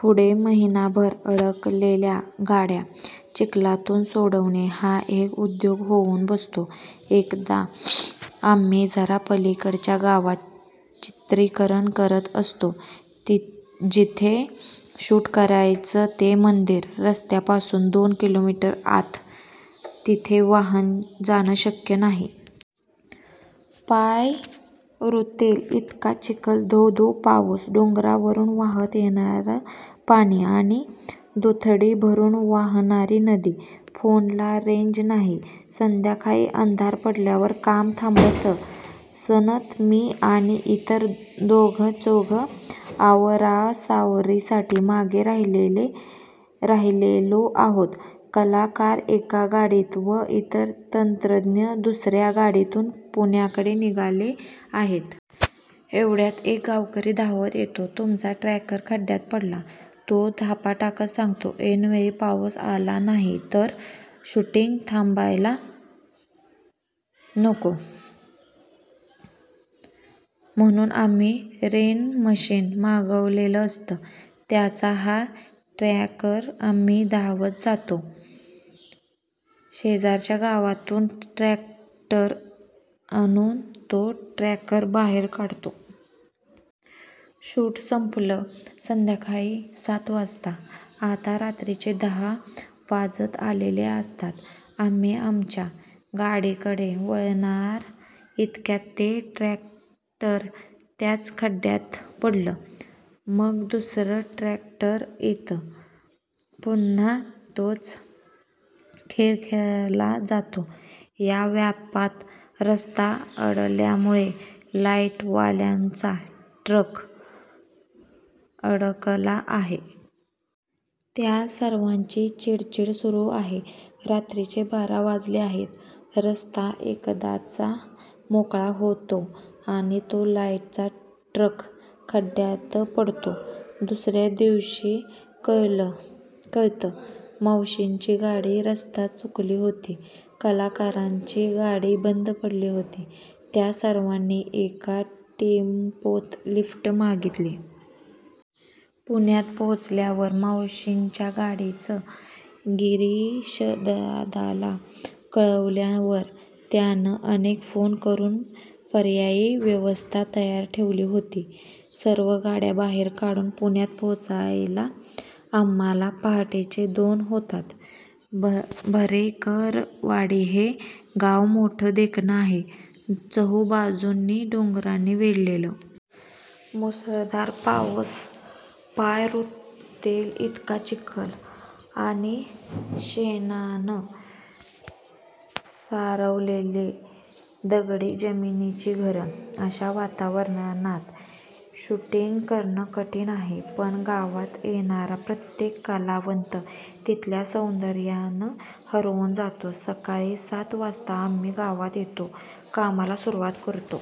पुढे महिनाभर अडकलेल्या गाड्या चिखलातून सोडवणं हा एक उद्योग होऊन बसतो. एकदा आम्ही जरा पलीकडच्या गावात चित्रीकरण करत असतो. जिथे शूट करायचं ते मंदिर रस्त्यापासून दोन किलोमीटर आत. तिथे वाहन जाणं शक्य नाही. पाय रुतेल इतका चिखल, धो-धो पाऊस. डोंगरावरून वाहत येणारं पाणी आणि दुथडी भरून वाहणारी नदी. फोनला रेंज नाही. संध्याकाळी अंधार पडल्यावर काम थांबतं. सनत, मी आणि इतर दोघंचौघं आवरासावरीसाठी मागे राहिलेलो आहोत. कलाकार एका गाडीत व इतर तंत्रज्ञ दुसर्या गाडीतून पुण्याकडे निघाले आहेत. एवढ्यात एक गावकरी धावत येतो. 'तुमचा टँकर खड्ड्यात पडला', तो धापा टाकत सांगतो. ऐनवेळी पाऊस आला नाही, तर शूटिंग थांबायला नको, म्हणून आम्ही रेनमशिन मागवलेलं असतं. त्याचा हा टॅंकर. आम्ही धावत जातो. शेजारच्या गावातून ट्रॅक्टर आणून तो टॅंकर बाहेर काढतो. शूट संपलं संध्याकाळी सात वाजता, आता रात्रीचे दहा वाजत आलेले असतात. आम्ही आमच्या गाडीकडे वळणार, इतक्यात ते ट्रॅक्टर त्याच खड्ड्यात पडतं. मग दुसरं ट्रॅक्टर येतं. पुन्हा तोच खेळ खेळला जातो. या व्यापात रस्ता अडल्यामुळे लाईटवाल्यांचा ट्रक अडकला आहे. त्या सर्वांची चीडचीड सुरू आहे. रात्रीचे बारा वाजले आहेत. रस्ता एकदाचा मोकळा होतो आणि तो लाईटचा ट्रक खड्ड्यात पडतो. दुसर्या दिवशी कळतं, मावशींची गाडी रस्ता चुकली होती. कलाकारांची गाडी बंद पडली होती. त्या सर्वांनी एका टेम्पोत लिफ्ट मागितली. पुण्यात पोचल्यावर मावशींच्या गाडीचं गिरीशदादाला कळल्यावर त्यानं अनेक फोन करून पर्यायी व्यवस्था तयार ठेवली होती. सर्व गाड्या बाहेर काढून पुण्यात पोहोचायला आम्हांला पहाटेचे दोन होतात. भरेकरवाडी हे गाव मोठं देखणं आहे. चहुबाजूंनी डोंगरांनी वेढलेलं. मुसळधार पाऊस, पाय रुतेल इतका चिखल आणि शेणानं सारवलेली दगडी जमिनीची घरं. अशा वातावरणात शूटिंग करणं कठीण आहे. पण गावात येणारा प्रत्येक कलावंत तिथल्या सौंदर्यानं हरखून जातो. सकाळी सात वाजता आम्ही गावात येतो, कामाला सुरुवात करतो.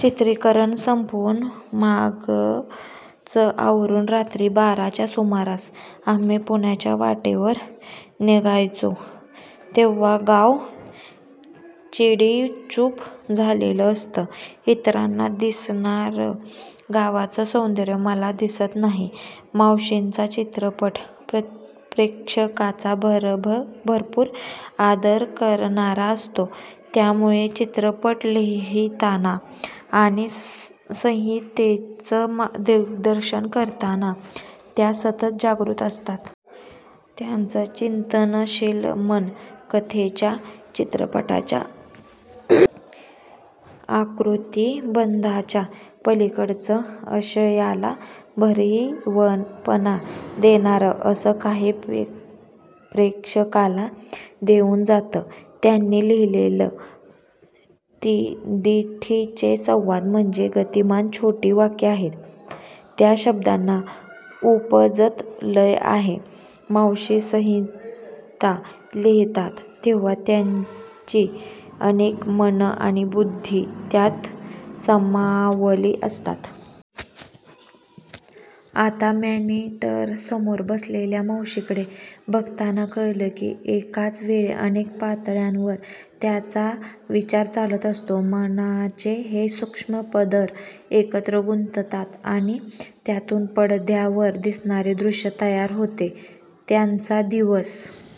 चित्रीकरण संपवून, मागचं आवरून रात्री बाराच्या सुमारास आम्ही पुण्याच्या वाटेवर निघायचो तेव्हा गाव चिडीचूप झालेलं असतं. इतरांना दिसणारं गावाचं सौंदर्य मला दिसत नाही. मावशींचा चित्रपट प्रेक्षकाचा भरपूर आदर करणारा असतो. त्यामुळे चित्रपट लिहिताना आणि संहितेचं दिग्दर्शन करताना त्या सतत जागृत असतात. त्यांचं चिंतनशील मन कथेच्या, चित्रपटाच्या आकृतिबंधाच्या पलीकडचं, आशयाला भरीवपणा देणारं असं काही प्रेक्षकाला देऊन जातं. त्यांनी लिहिलेले 'दिठी'चे संवाद म्हणजे गतिमान, छोटी वाक्यं आहेत. त्या शब्दांना उपजत लय आहे. मावशी संहिता लिहितात तेव्हा त्यांची अनेक मनं आणि बुद्धी त्यात सामावली असतात. आता मॉनिटरसमोर बसलेल्या मावशींकडे बघताना कळतं की एकाच वेळी अनेक पातळ्यांवर त्यांचा विचार चालत असतो. मनाचे हे सूक्ष्म पदर एकत्र गुंततात आणि त्यातून पडद्यावर दिसणारं दृश्य तयार होतं. त्यांचा दिवस--